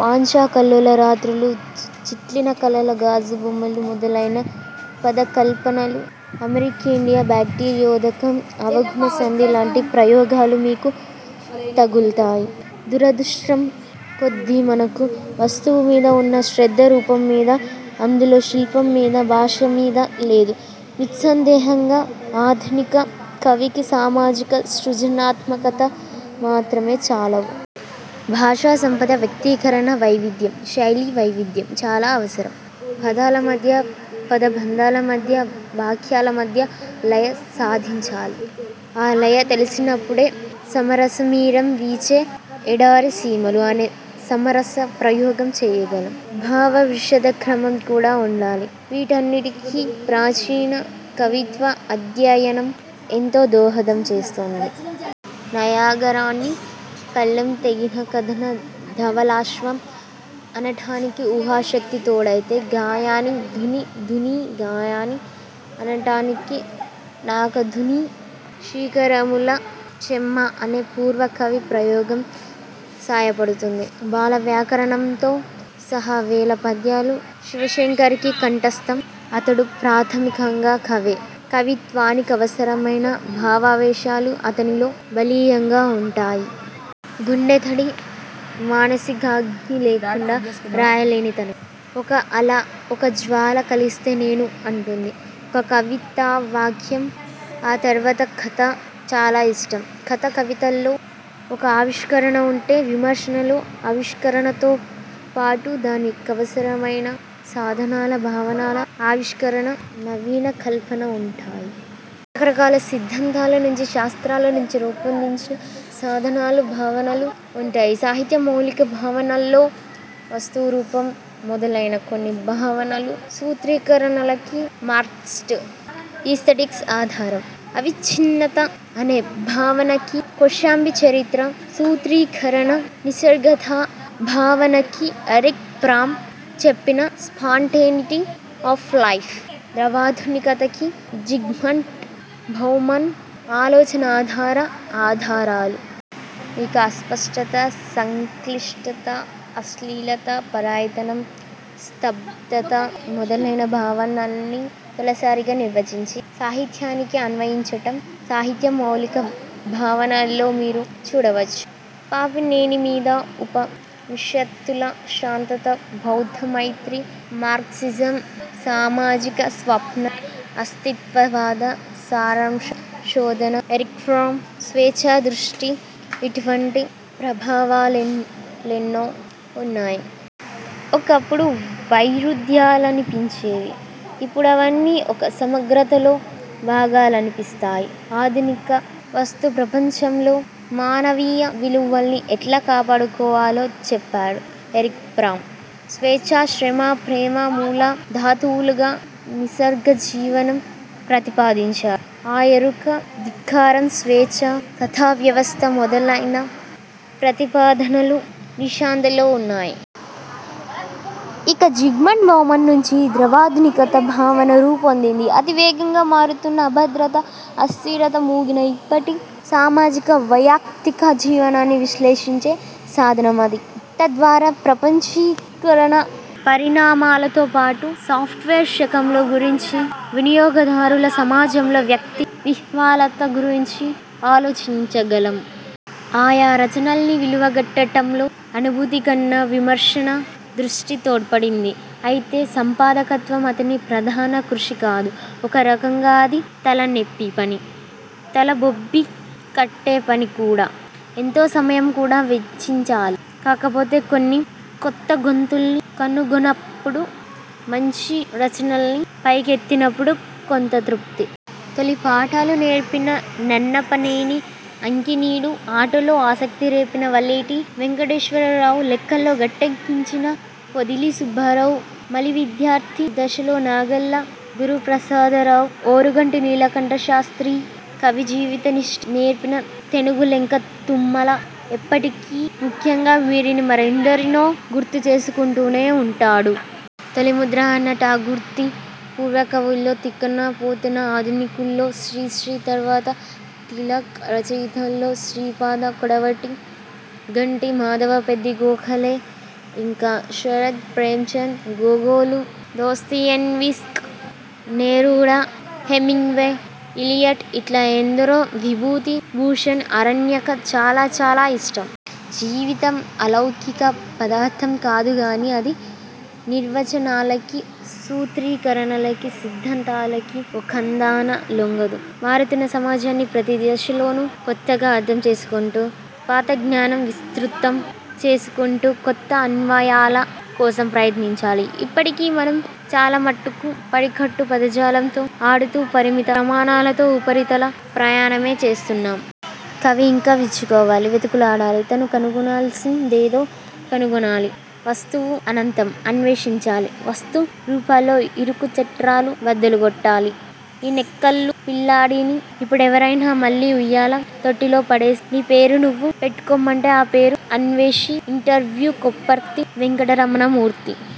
వాంఛా కల్లోల రాత్రులు, చిట్లిన కలల గాజు బొమ్మలు మొదలైన పదకల్పనలు అమెరికేండియా, బాక్టీరియోదకం, అవగుణ సంధి లాంటి ప్రయోగాలు మీకు తగుల్తాయి. దురదృష్టం కొద్దీ మనకు వస్తువు మీద ఉన్న శ్రద్ధ రూపం మీద, అందులో శిల్పం మీద, భాషమీద లేదు. నిస్సందేహంగా. ఆధునిక కవికి సామాజికత, సృజనా త్మకత మాత్రమే చాలవు. భాషా సంపద, వ్యక్తీకరణ వైవిధ్యం, శైలీ వైవిధ్యం చాలా అవసరం. పదాల మధ్య, పద బంధాల మధ్య, వాక్యాల మధ్య లయ సాధించాలి. ఆ లయ తెలిసినప్పుడే 'సమరసమీరం వీచే ఎడారిసీమలు' అనే సమరస ప్రయోగం చెయ్యగలం. భావ విశద క్రమం కూడా ఉండాలి. వీటన్నిటికి ప్రాచీన కవిత్వ అధ్యయనం ఎంతో దోహదం చేస్తుంది. నయాగరాని 'కళ్లెం తెగిన కదన ధవళాశ్వం' అనటానికి ఊహాశక్తి తోడైతే 'గాయనీ ధుని, ధునీ గాయని' అనటానికి 'నాకధునీ శీకరముల చెమ్మ' అనే పూర్వకవి ప్రయోగం సాయపడుతుంది. బాల వ్యాకరణంతో సహా వేల పద్యాలు శివశంకర్కి కంఠస్థం. అతడు ప్రాథమికంగా కవే. కవిత్వానికవసరమైన భావావేశాలు అతనిలో బలీయంగా ఉంటాయి. గుండె తడి, మానసికాగ్ని లేకుండా రాయలేనితనం. 'ఒక అల, ఒక జ్వాల కలిస్తే నేను' అంటుంది ఒక కవితావాక్యం. ఆ తర్వాత కథ చాలా ఇష్టం. కథ, కవితల్లో ఒక ఆవిష్కరణ ఉంటే విమర్శలో ఆవిష్కరణతో పాటు దాని కవసరమైన సాధనాల, భావనల ఆవిష్కరణ, నవీనకల్పన ఉంటాయి. రకరకాల సిద్ధాంతాల నుంచి, శాస్త్రాల నుంచి రూపొందించిన సాధనాలు, భావనలు ఉంటాయి. 'సాహిత్యం మౌలిక భావనల్లో వస్తువు, రూపం మొదలైన కొన్ని భావనలు, సూత్రీకరణలకి మార్క్సిస్ట్ ఈస్తటిక్స్ అధారం. అవిచ్ఛిన్నత అనే భావనకి కొశాంబి చరిత్ర సూత్రీకరణ, నిసర్గతా భావనకి ఎరిక్ ఫ్రామ్ చెప్పిన స్పాంటేనిటీ ఆఫ్ లైఫ్, ద్రవాధునికతకి జిగ్మంట్ బౌమన్ ఆలోచనాధార ఆధారాలు. ఇక అస్పష్టత, సంక్లిష్టత, అశ్లీలత, పరాయితనం, స్తబ్ధత మొదలైన భావనల్ని తొలిసారిగా నిర్వచించి, సాహిత్యానికి అన్వయించటం 'సాహిత్యం మౌలిక భావనల్లో మీరు చూడవచ్చు. పాపినేని మీద ఉప నిషత్తుల శాంతత, బౌద్ధ మైత్రి, మార్క్సిజం సామాజిక స్వప్నం, అస్తిత్వవాద సారాంశ శోధన, ఎరిక్ఫ్రామ్ స్వేచ్ఛాదృష్టి ఇటువంటి ప్రభావాలెన్నో ఉన్నాయి. ఒకప్పుడు వైరుధ్యాలనిపించేవి. ఇప్పుడవన్నీ ఒక సమగ్రతలో భాగాలనిపిస్తాయి. ఆధునిక వస్తు ప్రపంచంలో మానవీయ విలువల్ని ఎట్లా కాపాడుకోవాలో, చెప్పాడు ఎరిక్ ఫ్రామ్. స్వేచ్ఛ, శ్రమ, ప్రేమ మూల ధాతువులుగా నిసర్గ జీవనం ప్రతిపాదించాడు. ఆ ఎరుక, ధిక్కారం, స్వేచ్ఛా కథావ్యవస్థ మొదలైన ప్రతిపాదనలు 'నిశాంత'లో ఉన్నాయి. ఇక జిగ్మంట్ బౌమన్ నుంచి ద్రవాధునికత భావన రూపొందింది. అతి వేగంగా మారుతున్న అభద్రత, అస్థిరత మూగిన ఇప్పటి సామాజిక వైయక్తిక జీవనాన్ని విశ్లేషించే సాధనం అది. తద్వారా ప్రపంచీ కరణ పరిణామాలతో పాటు సాఫ్ట్వేర్ శకంలో గురించి, వినియోగదారుల సమాజంలో వ్యక్తి విహ్వలత గురించి ఆలోచించగలం. ఆయా రచనల్ని విలువ గట్టటంలో అనుభూతి కన్న విమర్శనా దృష్టి తోడ్పడింది. అయితే సంపాదకత్వం అతని ప్రధాన కృషి కాదు. ఒక రకంగా అది తలనెప్పి పని. తల బొప్పికట్టే పని కూడా. ఎంతో సమయం కూడా వెచ్చించాలి. కాకపోతే కొన్ని కొత్తగొంతుల్ని కనుగొన్నప్పుడు, మంచి రచనల్ని పైకెత్తినప్పుడు కొంత తృప్తి. తొలి పాఠాలు నేర్పిన నన్నపనేని అంకినీడు, ఆటల్లో ఆసక్తి రేపిన వలేటి వెంకటేశ్వర రావు, లెక్కల్లో గట్టెక్కించిన పొదిలి సుబ్బారావు, మలి విద్యార్థి దశలో నాగళ్ల గురు ప్రసాదరావు, ఓరుగంటి నీలకంఠ శాస్త్రీ, కవి జీవిత నిష్ఠ నేర్పిన తెనుగులెంక తుమ్మల ఎప్పటికీ ముఖ్యంగా వీరిని, మరెందరినో గుర్తు చేసుకుంటూనే ఉంటాడు. తొలి ముద్ర అన్న టాగూర్ది పూర్వకవుల్లో తిక్కన, పోతన, ఆధునికుల్లో శ్రీశ్రీ తర్వాత తిలక్. రచయితల్లో శ్రీపాద, కొడవటి గంటి, మాధవ పెద్ది గోఖలే. ఇంకా Sarat, Premchand, Gogol, Dostoevsky, Neruda, Hemingway, Eliot ఇట్లా ఎందరో. విభూతి భూషణ్ 'అరణ్యక' చాలా చాలా ఇష్టం. జీవితం అలౌకిక పదార్థం కాదుగాని, అది నిర్వచనాలకి, సూత్రీకరణలకి, సిద్ధాంతాలకి ఒకందాన లొంగదు. మారుతున్న సమాజాన్ని ప్రతి దశలోను కొత్తగా అర్థం చేసుకొంటూ పాత జ్ఞానం విస్తృతం చేసుకొంటూ కొత్త అన్వయాల కోసం ప్రయత్నించాలి. ఇప్పటికీ మనం చాలమట్టుకు పడికట్టు పదజాలంతో ఆడుతూ పరిమిత ప్రమాణాలతో ఉపరితల ప్రయాణమే చేస్తున్నాం. కవి ఇంకా విచ్చుకోవాలి, వెతుకులాడాలి, తను కనుగొనాల్సిం దేదో కనుగొనాలి. వస్తువు అనంతం. అన్వేషించాలి. వస్తు రూపాల్లో ఇరుకు చట్రాలు బద్దలు గొట్టాలి. ఈ నెక్కల్లు పిల్లాడిని ఇప్పుడెవరైనా మళ్లీ ఉయ్యాల తొట్టిలో పడేసి, నీ పేరు నువ్వు పెట్టు కొమ్మంటే ఆ పేరు 'అన్వేషి'. ఇంటర్వ్యూ కొప్పర్తి వెంకటరమణ మూర్తి